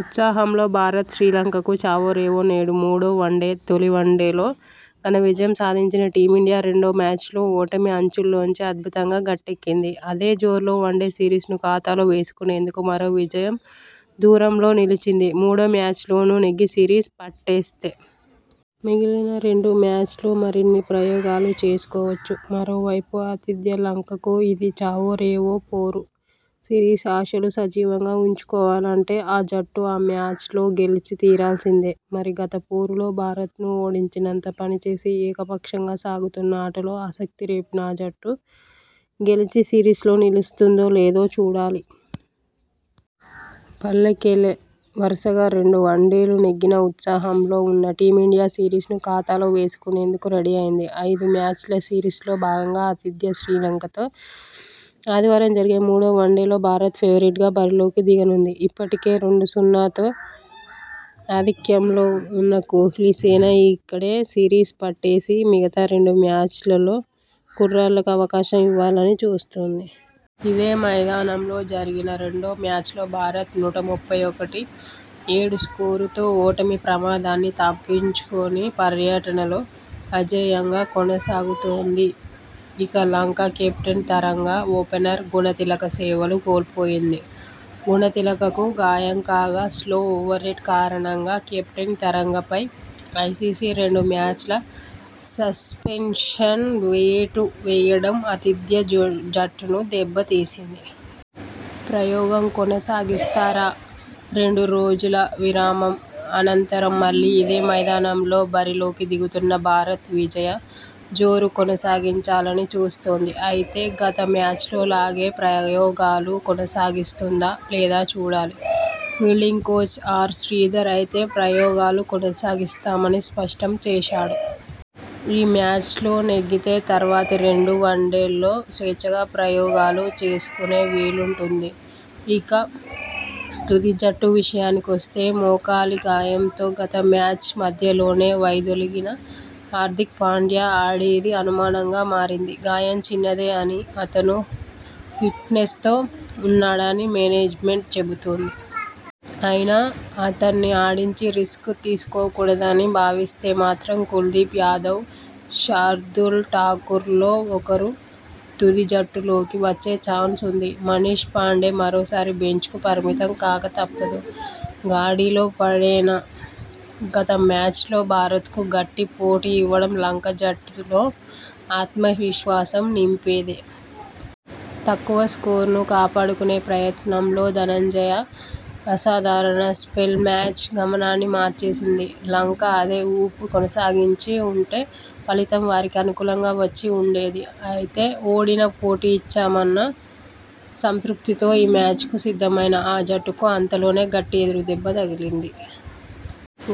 ఉత్సాహంలో భారత్, శ్రీలంకకు చావో రేవో నేడు మూడో వన్డే, తొలి వన్డేలో ఘన విజయం సాధించిన టీమిండియా రెండో మ్యాచ్లో ఓటమి అంచుల్లోంచి అద్భుతంగా గట్టెక్కింది! అదే జోరులో వన్డే సిరీస్నూ ఖాతాలో వేసుకునేందుకు మరో విజయం దూరంలో నిలిచింది..! మూడో మ్యాచ్లోనూ నెగ్గి సిరీస్ పట్టేస్తే.. మిగిలిన రెండు మ్యాచ్ల్లో మరిన్ని ప్రయోగాలు చేసుకోవచ్చు..! మరోవైపు ఆతిథ్య లంకకు ఇది చావో రేవో పోరు! సిరీస్ ఆశలు సజీవంగా ఉంచుకోవాలంటే.. ఆ జట్టు ఈ మ్యాచ్లో గెలిచి తీరాల్సిందే..! మరి గత పోరులో భారత్ను ఓడించినంత పనిచేసి, ఏకపక్షంగా సాగుతున్న ఆటలో ఆసక్తి రేపిన ఆ జట్టు, గెలిచి సిరీస్లో నిలుస్తుందో లేదో చూడాలి..! పల్లెకెలె వరుసగా రెండు వన్డేలు నెగ్గిన ఉత్సాహం లో ఉన్న టీమిండియా సిరీస్ను ఖాతాలో వేసుకునేందుకు రెడీ అయింది. ఐదు మ్యాచ్ల సిరీస్లో భాగంగా ఆతిథ్య శ్రీలంకతో ఆదివారం జరిగే మూడో వన్డేలో భారత్ ఫేవరెట్గా బరిలోకి దిగనుంది. ఇప్పటికే రెండు-సున్నాతో ఆధిక్యంలో ఉన్న కోహ్లీసేన ఇక్కడే సిరీస్ పట్టేసి మిగతా రెండు మ్యాచ్లల్లో కుర్రాళ్లకు అవకాశం ఇవ్వాలని చూస్తోంది. ఇదే మైదానంలో జరిగిన రెండో మ్యాచ్లో భారత్ నూట ముప్పై ఒకటి, ఏడు స్కోరుతో ఓటమి ప్రమాదాన్ని తప్పించుకొని పర్యటనలో అజేయంగా కొనసాగుతోంది. ఇక లంక కెప్టెన్ తరంగ, ఓపెనర్ గుణతిలక సేవలు కోల్పోయింది. గుణతిలకకు గాయం కాగా, స్లో ఓవర్రేట్ కారణంగా కెప్టెన్ తరంగపై ఐసీసీ రెండు మ్యాచ్ల సస్పెన్షన్ వేటు వేయడం ఆతిథ్య జ జట్టును దెబ్బతీసింది. ప్రయోగం కొనసాగిస్తారా.. రెండు రోజుల విరామం అనంతరం మళ్లీ ఇదే మైదానంలో బరిలోకి దిగుతున్న భారత్ విజయ జోరు కొనసాగించాలని చూస్తోంది. అయితే, గత మ్యాచ్లో లాగే ప్రయోగాలు కొనసాగిస్తుందా లేదా చూడాలి. ఫీల్డింగ్ కోచ్ ఆర్ శ్రీధర్ అయితే ప్రయోగాలు కొనసాగిస్తామని స్పష్టం చేశాడు. ఈ మ్యాచ్లో నెగ్గితే తర్వాతి రెండు వన్డేల్లో స్వేచ్ఛగా ప్రయోగాలు చేసుకునే వీలుంటుంది. ఇక, తుది జట్టు విషయానికొస్తే మోకాలి గాయంతో గత మ్యాచ్ మధ్యలోనే వైదొలిగిన హార్దిక్ పాండ్యా ఆడేది అనుమానంగా మారింది. గాయం చిన్నదే అని, అతను ఫిట్నెస్తో ఉన్నాడని మేనేజ్మెంట్ చెబుతోంది. అయినా.. అతణ్ణి ఆడించి రిస్క్ తీసుకోకూడదని భావిస్తే మాత్రం కుల్దీప్ యాదవ్, శార్దూల్ ఠాకూర్లో ఒకరు తుది జట్టులోకి వచ్చే చాన్స్ ఉంది. మనీష్ పాండే మరోసారి బెంచ్కు పరిమితం కాక తప్పదు. గాడిలో పడేనా.. గత మ్యాచ్లో భారత్కు గట్టి పోటీ ఇవ్వడం లంక జట్టులో ఆత్మవిశ్వాసం నింపేదే. తక్కువ స్కోరును కాపాడుకునే ప్రయత్నంలో ధనంజయ అసాధారణ స్పెల్ మ్యాచ్ గమనాన్ని మార్చేసింది. లంక అదే ఊపు కొనసాగించి ఉంటే ఫలితం వారికి అనుకూలంగా వచ్చి ఉండేది. అయితే ఓడినా.. పోటీ ఇచ్చామన్న సంతృప్తితో ఈ మ్యాచ్కు సిద్ధమైన ఆ జట్టుకు అంతలోనే గట్టి ఎదురుదెబ్బ తగిలింది.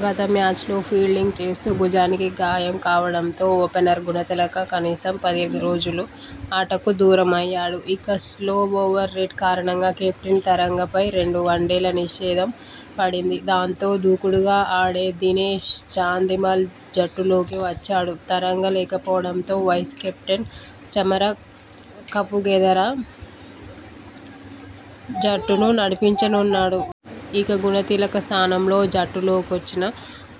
గత మ్యాచ్లో ఫీల్డింగ్ చేస్తూ భుజానికి గాయం కావడంతో ఓపెనర్ గుణతిలక కనీసం పది రోజులు ఆటకు దూరమయ్యాడు. ఇక, స్లో ఓవర్ రేట్ కారణంగా కెప్టెన్ తరంగపై రెండు వన్డేల నిషేధం పడింది. దాంతో, దూకుడుగా ఆడే దినేష్ చాందిమల్ జట్టులోకి వచ్చాడు. తరంగ లేకపోవడంతో వైస్ కెప్టెన్ చమర కపుగెదర జట్టును నడిపించనున్నాడు. ఇక, గుణతిలక స్థానంలో జట్టులోకొచ్చిన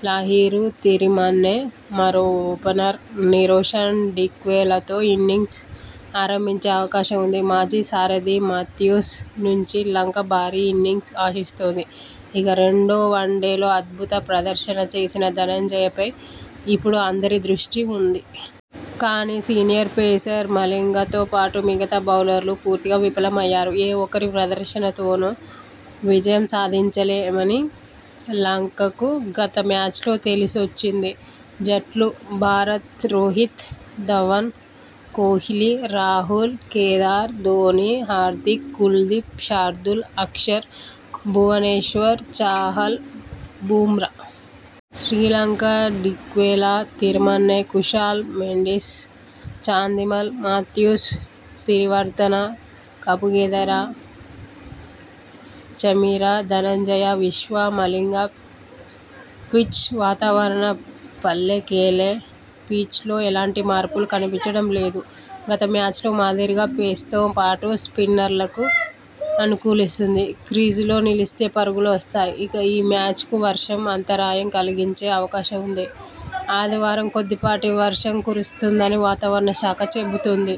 లాహిరు తిరిమన్నె.. మరో ఓపెనర్ నిరోషన్ డిక్వెలాతో ఇన్నింగ్స్ ఆరంభించే అవకాశం ఉంది. మాజీ సారథి మాథ్యూస్ నుంచి లంక భారీ ఇన్నింగ్స్ ఆశిస్తోంది. ఇక, రెండో వన్డేలో అద్భుత ప్రదర్శన చేసిన ధనంజయపై ఇప్పుడు అందరి దృష్టి ఉంది. కానీ, సీనియర్ పేసర్ మలింగతో పాటు మిగతా బౌలర్లు పూర్తిగా విఫలమయ్యారు. ఏ ఒక్కరి ప్రదర్శనతోనో విజయం సాధించలే మని లంకకు గత మ్యాచ్లో తెలిసొచ్చింది. జట్లు భారత్ రోహిత్, ధవన్, కోహ్లీ, రాహుల్, కేదార్, ధోనీ, హార్దిక్, కుల్దీప్, శార్దూల్, అక్షర్, భువనేశ్వర్, చాహల్, బుమ్రా. శ్రీలంక డిక్వెలా, తిరిమన్నె, కుశాల్ మెండిస్, చాందిమల్, మాథ్యూస్, సిరివర్దన, కపుగెదెర, చమీర, ధనంజయ, విశ్వ, మలింగ. పిచ్ వాతావరణం పల్లెకెలె పిచ్లో ఎలాంటి మార్పులు కనిపించడం లేదు. గత మ్యాచ్లో మాదిరిగా పేస్తో పాటు స్పిన్నర్లకూ అనుకూలిస్తుంది. క్రీజులో నిలిస్తే పరుగులూ వస్తాయి. ఇక, ఈ మ్యాచ్కూ వర్షం అంతరాయం కలిగించే అవకాశం ఉంది. ఆదివారం కొద్దిపాటి వర్షం కురుస్తుందని వాతావరణ శాఖ చెబుతోంది.